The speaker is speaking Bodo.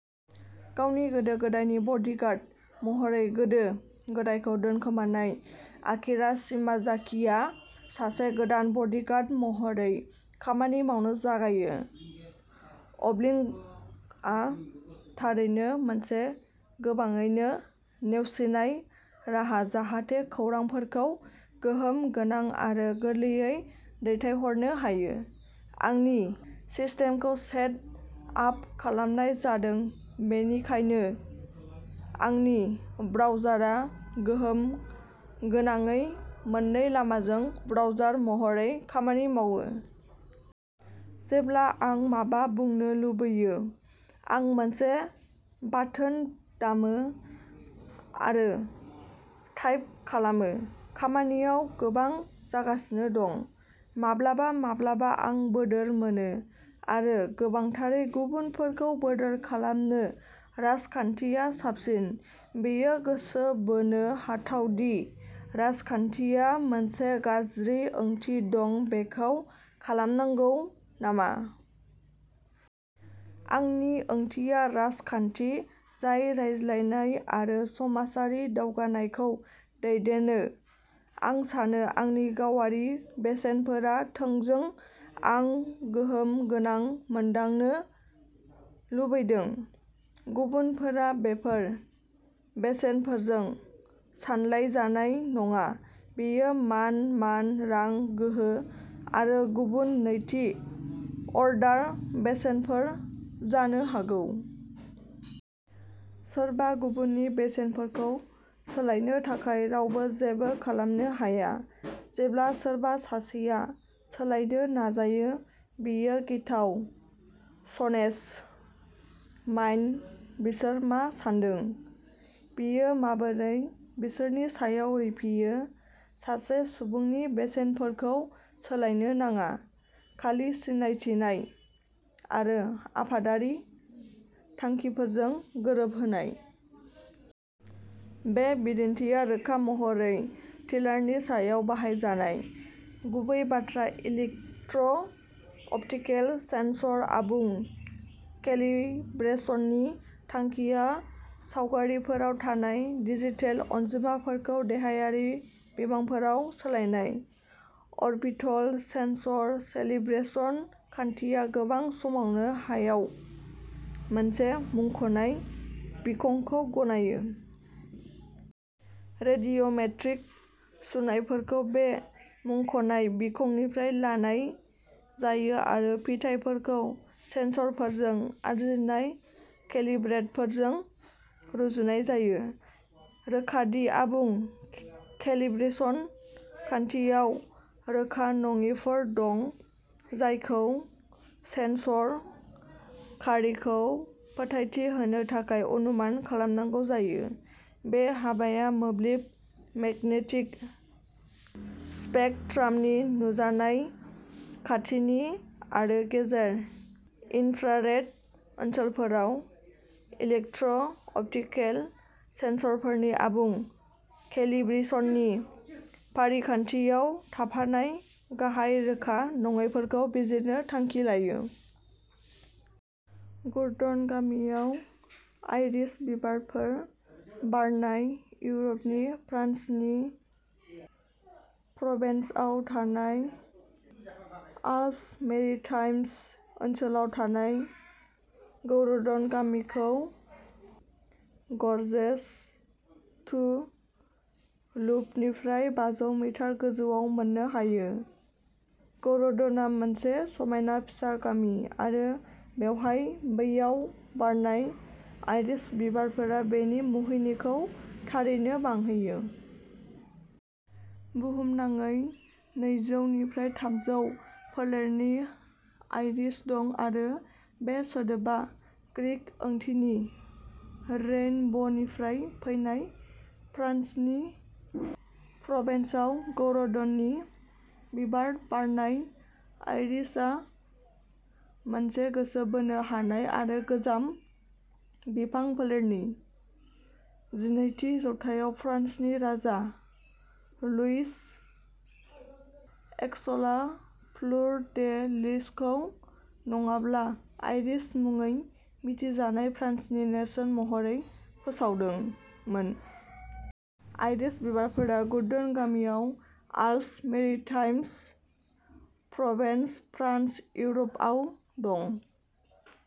गावनि गोदो गोदायनि बडिगार्ड महरै गोदो गोदायखौ दोनखोमानाय आकिरा शिमाजाकिआ सासे गोदान बडिगार्ड महरै खामानि मावनो जागायो। अब्लिंआ थारैनो मोनसे गोबाङैनो नेवसिनाय राहा जाहाथे खौरांफोरखौ गोहोम गोनां आरो गोरलैयै दैथायहरनो हायो। आंनि सिस्टेमखौ सेट आप खालामनाय जादों बेनिखायनो आंनि ब्राउजारआ गोहोम गोनाङै मोननै लामाजों ब्राउजार महरै खामानि मावो। जेब्ला आं माबा बुंनो लुबैयो आं मोनसे बाटोन दामो आरो टाइप खालामो खामानियाव गोबां जागासिनो दं। माब्लाबा माब्लाबा आं बोदोर मोनो आरो गोबांथारै गुबुनफोरखौ बोदोर खालामनो राजखान्थिया साबसिन। बेयो गोसो बोनो हाथाव दि राजखान्थिया मोनसे गाज्रि ओंथि दं बेखौ खालामनांगौ नामा? आंनि ओंथिया राजखान्थि जाय रायज्लायनाय आरो समाजारि दावगानायखौ दैदेनो आं सानो आंनि गावारि बेसेनफोरा थोंजों आं गोहोम गोनां मोनदांनो लुबैदों। गुबुनफोरा बेफोर बेसेनफोरजों सानलायजानाय नङा बेयो मान मान रां गोहो आरो गुबुन नैथि अर्डार बेसेनफोर जानो हागौ। सोरबा गुबुननि बेसेनफोरखौ सोलायनो थाखाय रावबो जेबो खालामनो हाया। जेब्ला सोरबा सासेया सोलायदो नाजायो बेयो गिथाव चनेज माइन बिसोर मा सान्दों? बेयो माबोरै बिसोरनि सायाव रिफियो सासे सुबुंनि बेसेनफोरखौ सोलायनो नाङा खालि सिनायथिनाय आरो आफादारि थांखिफोरजों गोरोबहोनाय। बे बिदिन्थिआ रोखा महरै टिलारनि सायाव बाहायजानाय। गुबै बाथ्रा इलेक्ट्र अप्टिकेल सेनसर आबुं केलिब्रेशननि थांखिया सावगारिफोराव थानाय डिजिटेल अनजिमाफोरखौ देहायारि बिबांफोराव सोलायनाय। अरबिटल सेनसर सेलिब्रेशन खान्थिया गोबां समावनो हायाव मोनसे मुंख'नाय बिखंखौ गनायो। रेडिय'मेट्रिक सुनायफोरखौ बे मुंख'नाय बिखंनिफ्राय लानाय जायो आरो फिथायफोरखौ सेनसरफोरजों आरजिनाय केलिब्रेटफोरजों रुजुनाय जायो। रोखा दि आबुं केलिब्रेशन खान्थियाव रोखा नङिफोर दं जायखौ सेनसर खारिखौ फोथायथि होनो थाखाय अनुमान खालामनांगौ जायो। बे हाबाया मोब्लिब मेगनेटिक स्पेकट्रामनि नुजानाय खाथिनि आरो गेजेर इन्फ्रारेड ओनसोलफोराव इलेक्ट्र अप्टिकेल सेनसरफोरनि आबुं केलिब्रेशननि फारिखान्थियाव थाफानाय गाहाय रोखा नङैफोरखौ बिजिरनो थांखि लायो। गुरडन गामियाव आइरिस बिबारफोर बारनाय इउरपनि फ्रान्सनि प्रभेन्सआव थानाय आल्प्स मेरिटाइम्स ओनसोलाव थानाय गौरडन गामिखौ गर्जेस टु लुपनिफ्राय बाजौ मिटार गोजौआव मोननो हायो। गौरडनआ मोनसे समायना फिसा गामि आरो बेवहाय बैयाव बारनाय आइरिस बिबारफोरा बेनि मुहिनिखौ थारैनो बांहोयो। बुहुमनाङै नैजौ निफ्राय थामजौ फोलेरनि आइरिस दं आरो बे सोदोबा ग्रीक ओंथिया रेइनबनिफ्राय फैनाय फ्रान्सनि प्रभेन्सआव गौरडननि बिबार बारनाय आइरिसआ मोनसे गोसो बोनो हानाय आरो गोजाम बिफां फोलेरनि। जिनैथि जौथायाव फ्रान्सनि राजा लुइस एक्सलआ फ्लुर डे लिसखौ नङाब्ला आइरिस मुङै मिथिजानाय फ्रान्सनि नेरसोन महरै फोसावदोंमोन। आइरिस बिबारफोरा गुरडन गामियाव आल्प्स मेरिटाइम्स प्रभेन्स फ्रान्स इउर'पआव दं।